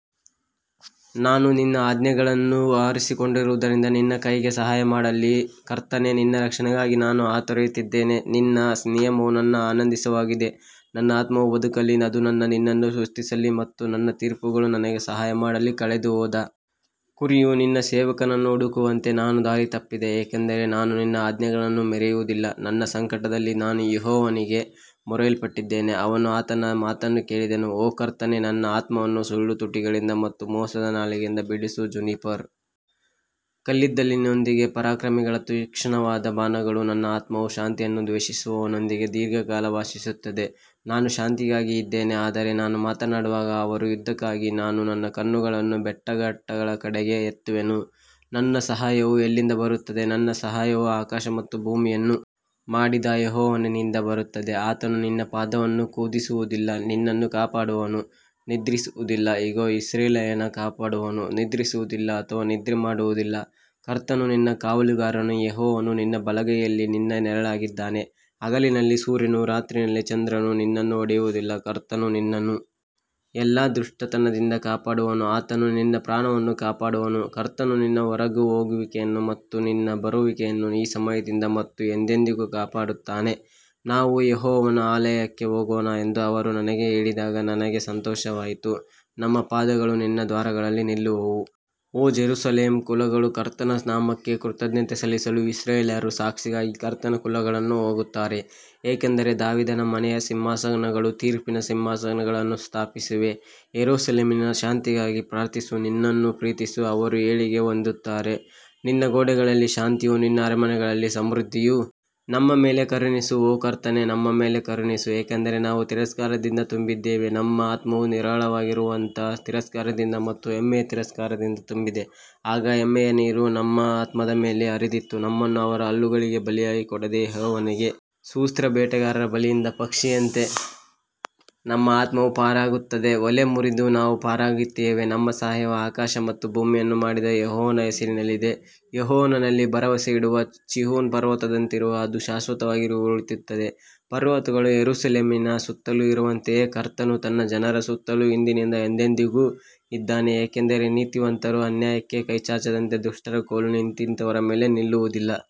ನಾನು ನಿನ್ನ ಆಜ್ಞೆಗಳನ್ನು ಆರಿಸಿಕೊಂಡಿರುವುದರಿಂದ ನಿನ್ನ ಕೈಗೆ ಸಹಾಯ ಮಾಡಲಿ ಕರ್ತನೇ, ನಿನ್ನ ರಕ್ಷಣೆಗಾಗಿ ನಾನು ಹಾತೊರೆಯುತ್ತಿದ್ದೇನೆ ನಿನ್ನ ನಿಯಮವು ನನ್ನ ಆನಂದಿಸವಾಗಿದೆ ನನ್ನ ಆತ್ಮವು ಬದುಕಲಿ ಅದು ನನ್ನ ನಿನ್ನನ್ನು ಸ್ತುತಿಸಲಿ ಮತ್ತು ನಿನ್ನ ತೀರ್ಪುಗಳು ನನಗೆ ಸಹಾಯ ಮಾಡಲಿ ಕಳೆದುಹೋದ ಕುರಿಯು ನಿನ್ನ ಸೇವಕನನ್ನು ಹುಡುಕುವಂತೆ ನಾನು ದಾರಿ ತಪ್ಪಿದೆ, ಏಕೆಂದರೆ ನಾನು ನಿನ್ನ ಆಜ್ಞೆಗಳನ್ನು ಮೆರೆಯುವುದಿಲ್ಲ ನನ್ನ ಸಂಕಟದಲ್ಲಿ ನಾನು ಯೆಹೋವನಿಗೆ ಮೊರೆಯ್ಲಟ್ಟಿದ್ದೇನೆ ಅವನು ಆತನ ಮಾತನ್ನು ಕೇಳಿದನು ಓ ಕರ್ತನೇ ನನ್ನ ಆತ್ಮವನ್ನು ಸುಳ್ಳು ತುಟಿಗಳಿಂದ ಮತ್ತು ಮೋಸದ ನಾಲಿಗೆಯಿಂದ ಬಿಡಿಸು ಜುನಿಪರ್ ಕಲ್ಲಿದ್ದಲಿನೊಂದಿಗೆ ಪರಾಕ್ರಮಿಗಳ ತೀಕ್ಷ್ಣವಾದ ಬಾಣಗಳು ನನ್ನ ಆತ್ಮವು ಶಾಂತಿಯನ್ನು ದ್ವೇಷಿಸುವವನೊಂದಿಗೆ ದೀರ್ಘಕಾಲ ವಾಸಿಸುತ್ತದೆ ನಾನು ಶಾಂತಿಗಾಗಿ ಇದ್ದೇನೆ ಆದರೆ ನಾನು ಮಾತನಾಡುವಾಗ ಅವರು ಯುದ್ಧಕ್ಕಾಗಿ ನಾನು ನನ್ನ ಕಣ್ಣುಗಳನ್ನು ಬೆಟ್ಟಗಳಘಟ್ಟಗಳ ಕಡೆಗೆ ಎತ್ತುವೆನು, ನನ್ನ ಸಹಾಯವು ಎಲ್ಲಿಂದ ಬರುತ್ತದೆ ನನ್ನ ಸಹಾಯವು ಆಕಾಶ ಮತ್ತು ಭೂಮಿಯನ್ನು ಮಾಡಿದ ಯೆಹೋವನಿಂದ ಬರುತ್ತದೆ ಆತನು ನಿನ್ನ ಪಾದವನ್ನು ಕುದಿಸುವುದಿಲ್ಲ, ನಿನ್ನನ್ನು ಕಾಪಾಡುವನು ನಿದ್ರಿಸುವುದಿಲ್ಲ ಇಗೋ, ಇಸ್ರಾಯೇಲನ್ನು ಕಾಪಾಡುವನು ನಿದ್ರಿಸುವುದಿಲ್ಲ ಅಥವಾ ನಿದ್ರೆ ಮಾಡುವುದಿಲ್ಲ ಕರ್ತನು ನಿನ್ನ ಕಾವಲುಗಾರನು ಯೆಹೋವನು ನಿನ್ನ ಬಲಗೈಯಲ್ಲಿ ನಿನ್ನ ನೆರಳಾಗಿದ್ದಾನೆ ಹಗಲಿನಲ್ಲಿ ಸೂರ್ಯನೂ ರಾತ್ರಿಯಲ್ಲಿ ಚಂದ್ರನೂ ನಿನ್ನನ್ನು ಹೊಡೆಯುವುದಿಲ್ಲ ಕರ್ತನು ನಿನ್ನನ್ನು ಎಲ್ಲಾ ದುಷ್ಟತನದಿಂದ ಕಾಪಾಡುವನು, ಆತನು ನಿನ್ನ ಪ್ರಾಣವನ್ನು ಕಾಪಾಡುವನು ಕರ್ತನು ನಿನ್ನ ಹೊರಹೋಗುವಿಕೆಯನ್ನು ಮತ್ತು ನಿನ್ನ ಬರುವಿಕೆಯನ್ನು ಈ ಸಮಯದಿಂದ ಮತ್ತು ಎಂದೆಂದಿಗೂ ಕಾಪಾಡುತ್ತಾನೆ ನಾವು ಯೆಹೋವನ ಆಲಯಕ್ಕೆ ಹೋಗೋಣ ಎಂದು ಅವರು ನನಗೆ ಹೇಳಿದಾಗ ನನಗೆ ಸಂತೋಷವಾಯಿತು ನಮ್ಮ ಪಾದಗಳು ನಿನ್ನ ದ್ವಾರಗಳಲ್ಲಿ ನಿಲ್ಲುವವು ಓ ಜೆರುಸಲೇಮ್ ಕುಲಗಳು ಕರ್ತನ ನಾಮಕ್ಕೆ ಕೃತಜ್ಞತೆ ಸಲ್ಲಿಸಲು ಇಸ್ರಾಯೇಲ್ಯರ ಸಾಕ್ಷಿಗಾಗಿ ಕರ್ತನ ಕುಲಗಳನ್ನು ಹೋಗುತ್ತಾರೆ ಯಾಕಂದರೆ ದಾವೀದನ ಮನೆಯ ಸಿಂಹಾಸನಗಳು ತೀರ್ಪಿನ ಸಿಂಹಾಸನಗಳನ್ನು ಸ್ಥಾಪಿಸಿವೆ ಯೆರೂಸಲೇಮಿನ ಶಾಂತಿಗಾಗಿ ಪ್ರಾರ್ಥಿಸು ನಿನ್ನನ್ನು ಪ್ರೀತಿಸುವ ಅವರು ಏಳಿಗೆ ಹೊಂದುತ್ತಾರೆ ನಿನ್ನ ಗೋಡೆಗಳಲ್ಲಿ ಶಾಂತಿಯೂ ನಿನ್ನ ಅರಮನೆಗಳಲ್ಲಿ ಸಮೃದ್ಧಿಯೂ ನಮ್ಮ ಮೇಲೆ ಕರುಣಿಸು ಓ ಕರ್ತನೇ ನಮ್ಮ ಮೇಲೆ ಕರುಣಿಸು, ಏಕೆಂದರೆ ನಾವು ತಿರಸ್ಕಾರದಿಂದ ತುಂಬಿದ್ದೇವೆ ನಮ್ಮ ಆತ್ಮವು ನಿರಾಳವಾಗಿರುವವರ ತಿರಸ್ಕಾರದಿಂದ ಮತ್ತು ಹೆಮ್ಮೆಯ ತಿರಸ್ಕಾರದಿಂದ ತುಂಬಿದೆ. ಆಗ ಹೆಮ್ಮೆಯ ನೀರು ನಮ್ಮ ಆತ್ಮದ ಮೇಲೆ ಹರಿದಿತ್ತು ನಮ್ಮನ್ನು ಅವರ ಹಲ್ಲುಗಳಿಗೆ ಬಲಿಯಾಗಿ ಕೊಡದ ಯೆಹೋವನಿಗೆ ಸುತ್ರ ಬೇಟೆಗಾರರ ಬಲೆಯಿಂದ ಪಕ್ಷಿಯಂತೆ ನಮ್ಮ ಆತ್ಮವು ಪಾರಾಗುತ್ತದೆ, ಒಲೆ ಮುರಿದು ನಾವು ಪಾರಾಗಿದ್ದೇವೆ ನಮ್ಮ ಸಹಾಯವು ಆಕಾಶ ಮತ್ತು ಭೂಮಿಯನ್ನು ಮಾಡಿದ ಯೆಹೋವನ ಹೆಸರಿನಲ್ಲಿದೆ ಯೆಹೋವನಲ್ಲಿ ಭರವಸವಿಡುವ ಚೀಯೋನ್ ಪರ್ವತದಂತಿರುವ, ಅದು ಶಾಶ್ವತವಾಗಿ ಉಳಿಯುತ್ತದೆ ಪರ್ವತಗಳು ಯೆರೂಸಲೇಮಿನ ಸುತ್ತಲೂ ಇರುವಂತೆಯೇ ಕರ್ತನು ತನ್ನ ಜನರ ಸುತ್ತಲೂ ಇಂದಿನಿಂದ ಎಂದೆಂದಿಗೂ ಇದ್ದಾನೆ ಯಾಕಂದರೆ ನೀತಿವಂತರು ಅನ್ಯಾಯಕ್ಕೆ ಕೈಚಾಚದಂತೆ ದುಷ್ಟರ ಕೋಲು ನೀತಿವಂತರ ಮೇಲೆ ನಿಲ್ಲುವುದಿಲ್ಲ.